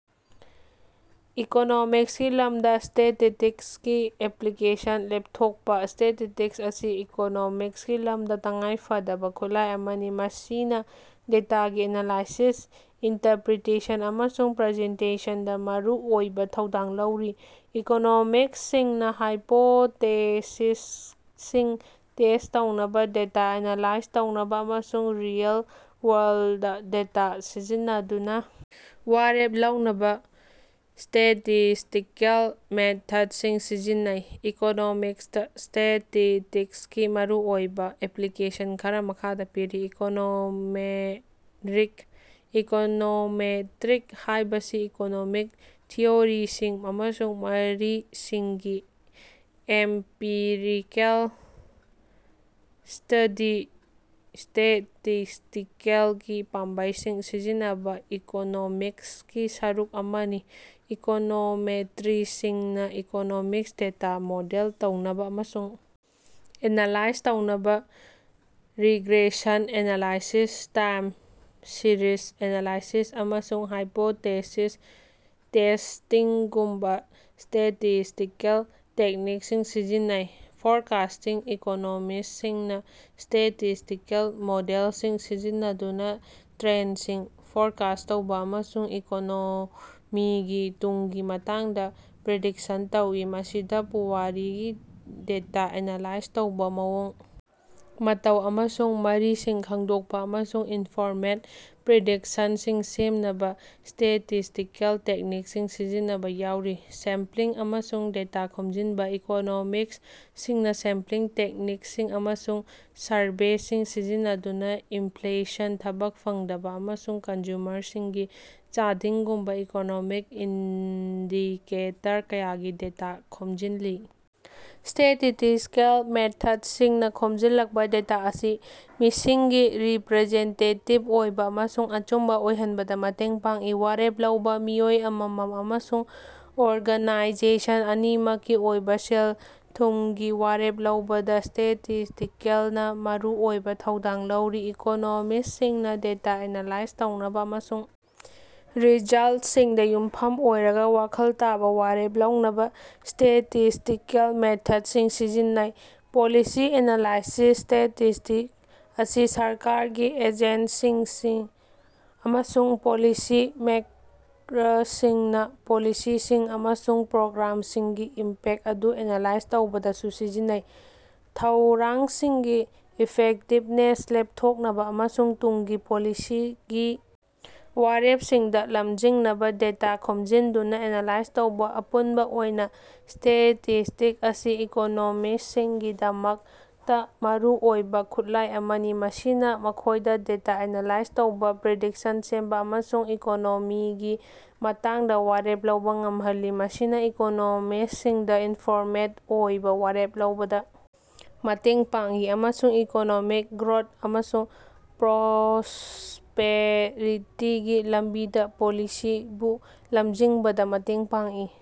ꯏꯀꯣꯅꯣꯃꯤꯛꯁꯀꯤ ꯂꯝꯗ ꯁ꯭ꯇꯦꯇꯤꯁ꯭ꯇꯤꯛꯁꯀꯤ ꯑꯦꯄ꯭ꯂꯤꯀꯦꯁꯟ ꯂꯦꯞꯊꯣꯛꯄ꯫ ꯁ꯭ꯇꯦꯇꯤꯁ꯭ꯇꯤꯛꯁ ꯑꯁꯤ ꯏꯀꯣꯅꯣꯃꯤꯛꯁꯀꯤ ꯂꯝꯗ ꯇꯉꯥꯏ ꯐꯗꯕ ꯈꯨꯠꯂꯥꯏ ꯑꯃꯅꯤ, ꯃꯁꯤꯅ ꯗꯦꯇꯥꯒꯤ ꯑꯦꯅꯂꯥꯏꯁꯤꯁ, ꯏꯟꯇꯔꯄ꯭ꯔꯤꯇꯦꯁꯟ ꯑꯃꯁꯨꯡ ꯄ꯭ꯔꯖꯦꯟꯇꯦꯁꯟꯗ ꯃꯔꯨꯑꯣꯏꯕ ꯊꯧꯗꯥꯡ ꯂꯧꯔꯤ꯫ ꯏꯀꯣꯅꯣꯃꯤꯁꯁꯤꯡꯅ ꯍꯥꯏꯄꯣꯇꯦꯁꯤꯁꯁꯤꯡ ꯇꯦꯁ ꯇꯧꯅꯕ, ꯗꯦꯇꯥ ꯑꯦꯅꯥꯂꯥꯏꯖ ꯇꯧꯅꯕ ꯑꯃꯁꯨꯡ ꯔꯤꯑꯦꯜ-ꯋꯥꯔꯜꯗ ꯗꯦꯇꯥ ꯁꯤꯖꯤꯟꯅꯗꯨꯅ ꯋꯥꯔꯦꯞ ꯂꯧꯅꯕ ꯁ꯭ꯇꯦꯇꯤꯁꯇꯤꯀꯦꯜ ꯃꯦꯊꯗꯁꯤꯡ ꯁꯤꯖꯤꯟꯅꯩ꯫ ꯏꯀꯣꯅꯣꯃꯤꯛꯁꯇ ꯁ꯭ꯇꯦꯇꯤꯁꯇꯤꯛꯁꯀꯤ ꯃꯔꯨꯑꯣꯏꯕ ꯑꯦꯄ꯭ꯂꯤꯀꯦꯁꯟ ꯈꯔ ꯃꯈꯥꯗ ꯄꯤꯔꯤ: ꯏꯀꯣꯅꯣꯃꯦꯠꯔꯤꯛ: ꯏꯀꯣꯅꯣꯃꯦꯇ꯭ꯔꯤꯛ ꯍꯥꯏꯕꯁꯤ ꯏꯀꯣꯅꯣꯃꯤꯛ ꯊꯤꯑꯣꯔꯤꯁꯤꯡ ꯑꯃꯁꯨꯡ ꯃꯔꯤꯁꯤꯡꯒꯤ ꯑꯦꯝꯄꯤꯔꯤꯀꯦꯜ ꯁ꯭ꯇꯗꯤꯗ ꯁ꯭ꯇꯦꯇꯤꯁ꯭ꯇꯤꯀꯦꯜꯒꯤ ꯄꯥꯝꯕꯩꯁꯤꯡ ꯁꯤꯖꯤꯟꯅꯕ ꯏꯀꯣꯅꯣꯃꯤꯛꯁꯀꯤ ꯁꯔꯨꯛ ꯑꯃꯅꯤ꯫ ꯏꯀꯣꯅꯣꯃꯦꯇ꯭ꯔꯤꯛꯁꯤꯡꯅ ꯏꯀꯣꯅꯣꯃꯤꯛ ꯗꯦꯇꯥ ꯃꯣꯗꯦꯜ ꯇꯧꯅꯕ ꯑꯃꯁꯨꯡ ꯑꯦꯅꯥꯂꯥꯏꯖ ꯇꯧꯅꯕ regression analysis, time series analysis, ꯑꯃꯁꯨꯡ ꯍꯥꯏꯄꯣꯇꯦꯁꯤꯁ ꯇꯦꯁꯇꯤꯡꯒꯨꯝꯕ ꯁ꯭ꯇꯦꯇꯤꯁꯇꯤꯀꯦꯜ ꯇꯦꯛꯅꯤꯛꯁꯤꯡ ꯁꯤꯖꯤꯟꯅꯩ꯫ ꯐꯣꯔꯀꯥꯁꯇꯤꯡ: ꯏꯀꯣꯅꯣꯃꯤꯁꯁꯤꯡꯅ ꯁ꯭ꯇꯦꯇꯤꯁꯇꯤꯀꯦꯜ ꯃꯣꯗꯦꯜꯁꯤꯡ ꯁꯤꯖꯤꯟꯅꯗꯨꯅ ꯇ꯭ꯔꯦꯟꯁꯤꯡ ꯐꯣꯔꯀꯥꯁ꯭ꯠ ꯇꯧꯕ ꯑꯃꯁꯨꯡ ꯏꯀꯣꯅꯣꯃꯤꯒꯤ ꯇꯨꯡꯒꯤ ꯃꯇꯥꯡꯗ ꯄ꯭ꯔꯤꯗꯤꯛꯁꯟ ꯇꯧꯏ꯫ ꯃꯁꯤꯗ ꯄꯨꯋꯥꯔꯤꯒꯤ ꯗꯦꯇ ꯑꯦꯅꯥꯂꯥꯏꯖ ꯇꯧꯕ, ꯃꯑꯣꯡ ꯃꯇꯧ ꯑꯃꯁꯨꯡ ꯃꯔꯤꯁꯤꯡ ꯈꯪꯗꯣꯛꯄ, ꯑꯃꯁꯨꯡ ꯏꯟꯐꯣꯔꯃꯦꯗ ꯄ꯭ꯔꯤꯗꯤꯛꯁꯟꯁꯤꯡ ꯁꯦꯝꯅꯕ ꯁ꯭ꯇꯦꯇꯤꯁꯇꯤꯀꯦꯜ ꯇꯦꯛꯅꯤꯛꯁꯤꯡ ꯁꯤꯖꯤꯟꯅꯕ ꯌꯥꯎꯔꯤ꯫ ꯁꯦꯝꯄ꯭ꯂꯤꯡ ꯑꯃꯁꯨꯡ ꯗꯦꯇꯥ ꯈꯣꯝꯖꯤꯟꯕ: ꯏꯀꯣꯅꯣꯃꯤꯁꯁꯤꯡꯅ ꯁꯦꯝꯄ꯭ꯂꯤꯡ ꯇꯦꯛꯅꯤꯛꯁꯤꯡ ꯑꯃꯁꯨꯡ ꯁꯔꯚꯦꯁꯤꯡ ꯁꯤꯖꯤꯟꯅꯗꯨꯅ ꯏꯟꯐ꯭ꯂꯦꯁꯟ, ꯊꯕꯛ ꯐꯪꯗꯕ, ꯑꯃꯁꯨꯡ ꯀꯟꯖꯨꯃꯔꯁꯤꯡꯒꯤ ꯆꯥꯗꯤꯡꯒꯨꯝꯕ ꯏꯀꯣꯅꯣꯃꯤꯛ ꯏꯟꯗꯤꯀꯦꯇꯔ ꯀꯌꯥꯒꯤ ꯗꯦꯇꯥ ꯈꯣꯝꯖꯤꯜꯂꯤ꯫ ꯁ꯭ꯇꯦꯇꯤꯁꯇꯤꯀꯦꯜ ꯃꯦꯊꯗꯁꯤꯡꯅ ꯈꯣꯝꯖꯤꯜꯂꯛꯄ ꯗꯦꯇꯥ ꯑꯁꯤ ꯃꯤꯁꯤꯡꯒꯤ ꯔꯤꯄꯔꯖꯦꯟꯇꯦꯇꯤꯕ ꯑꯣꯏꯕ ꯑꯃꯁꯨꯡ ꯑꯆꯨꯝꯕ ꯑꯣꯏꯍꯟꯕꯗ ꯃꯇꯦꯡ ꯄꯥꯡꯏ꯫ ꯋꯥꯔꯦꯞ ꯂꯧꯕ: ꯃꯤꯑꯣꯏ ꯑꯃꯃꯝ ꯑꯃꯁꯨꯡ ꯑꯣꯔꯒꯅꯥꯏꯖꯦꯁꯟ ꯑꯅꯤꯃꯛꯀꯤ ꯑꯣꯏꯅ ꯁꯦꯜ-ꯊꯨꯝꯒꯤ ꯋꯥꯔꯦꯞ ꯂꯧꯕꯗ ꯁ꯭ꯇꯦꯇꯤꯁꯇꯤꯀꯦꯜꯅ ꯃꯔꯨꯑꯣꯏꯕ ꯊꯧꯗꯥꯡ ꯂꯧꯔꯤ꯫ ꯏꯀꯣꯅꯣꯃꯤꯁꯁꯤꯡꯅ ꯗꯦꯇꯥ ꯑꯦꯅꯥꯂꯥꯏꯖ ꯇꯧꯅꯕ ꯑꯃꯁꯨꯡ ꯔꯤꯖꯜꯇꯁꯤꯡꯗ ꯌꯨꯝꯐꯝ ꯑꯣꯏꯔꯒ ꯋꯥꯈꯜ ꯇꯥꯕ ꯋꯥꯔꯦꯞ ꯂꯧꯅꯕ ꯁ꯭ꯇꯦꯇꯤꯁꯇꯤꯀꯦꯜ ꯃꯦꯊꯗꯁꯤꯡ ꯁꯤꯖꯤꯟꯅꯩ꯫ ꯄꯣꯂꯤꯁꯤ ꯑꯦꯅꯥꯂꯥꯏꯁꯤꯁ: ꯁ꯭ꯇꯦꯇꯤꯁꯇꯤꯛꯁ ꯑꯁꯤ ꯁꯔꯀꯥꯔꯒꯤ ꯑꯦꯖꯦꯟꯁꯤꯁꯤꯡ ꯑꯃꯁꯨꯡ ꯄꯣꯂꯤꯁꯤ ꯃꯦꯛꯔꯁꯤꯡꯅ ꯄꯣꯂꯤꯁꯤꯁꯤꯡ ꯑꯃꯁꯨꯡ ꯄ꯭ꯔꯣꯒ꯭ꯔꯥꯝꯁꯤꯡꯒꯤ ꯏꯝꯄꯦꯛ ꯑꯗꯨ ꯑꯦꯅꯥꯂꯥꯏꯖ ꯇꯧꯕꯗꯁꯨ ꯁꯤꯖꯤꯟꯅꯩ꯫ ꯊꯧꯔꯥꯡꯁꯤꯡꯒꯤ ꯏꯐꯦꯛꯇꯤꯕꯅꯦꯁ ꯂꯦꯞꯊꯣꯛꯅꯕ ꯑꯃꯁꯨꯡ ꯇꯨꯡꯒꯤ ꯄꯣꯂꯤꯁꯤꯒꯤ ꯋꯥꯔꯦꯞꯁꯤꯡꯗ ꯂꯝꯖꯤꯡꯅꯕ ꯗꯦꯇꯥ ꯈꯣꯝꯖꯤꯟꯗꯨꯅ ꯑꯦꯅꯥꯂꯥꯏꯖ ꯇꯧꯏ꯫ ꯑꯄꯨꯟꯕ ꯑꯣꯏꯅ ꯁ꯭ꯇꯦꯇꯤꯁꯇꯤꯛꯁ ꯑꯁꯤ ꯏꯀꯣꯅꯣꯃꯤꯁꯁꯤꯡꯒꯤꯗꯃꯛꯇ ꯃꯔꯨꯑꯣꯏꯕ ꯈꯨꯠꯂꯥꯏ ꯑꯃꯅꯤ, ꯃꯁꯤꯅ ꯃꯈꯣꯏꯗ ꯗꯦꯇꯥ ꯑꯦꯅꯥꯂꯥꯏꯖ ꯇꯧꯕ, ꯄ꯭ꯔꯤꯗꯤꯛꯁꯟ ꯁꯦꯝꯕ ꯑꯃꯁꯨꯡ ꯏꯀꯣꯅꯣꯃꯤꯒꯤ ꯃꯇꯥꯡꯗ ꯋꯥꯔꯦꯞ ꯂꯧꯕ ꯉꯝꯍꯜꯂꯤ꯫ ꯃꯁꯤꯅ ꯏꯀꯣꯅꯣꯃꯤꯁꯁꯤꯡꯗ ꯏꯟꯐꯣꯔꯃꯦꯗ ꯑꯣꯏꯕ ꯋꯥꯔꯦꯞ ꯂꯧꯕꯗ ꯃꯇꯦꯡ ꯄꯥꯡꯏ ꯑꯃꯁꯨꯡ ꯏꯀꯣꯅꯣꯃꯤꯛ ꯒ꯭ꯔꯣꯊ ꯑꯃꯁꯨꯡ ꯄ꯭ꯔꯣꯁꯄꯦꯔꯤꯇꯤꯒꯤ ꯂꯝꯕꯤꯗ ꯄꯣꯂꯤꯁꯤꯕꯨ ꯂꯝꯖꯤꯡꯕꯗ ꯃꯇꯦꯡ ꯄꯥꯡꯏ꯫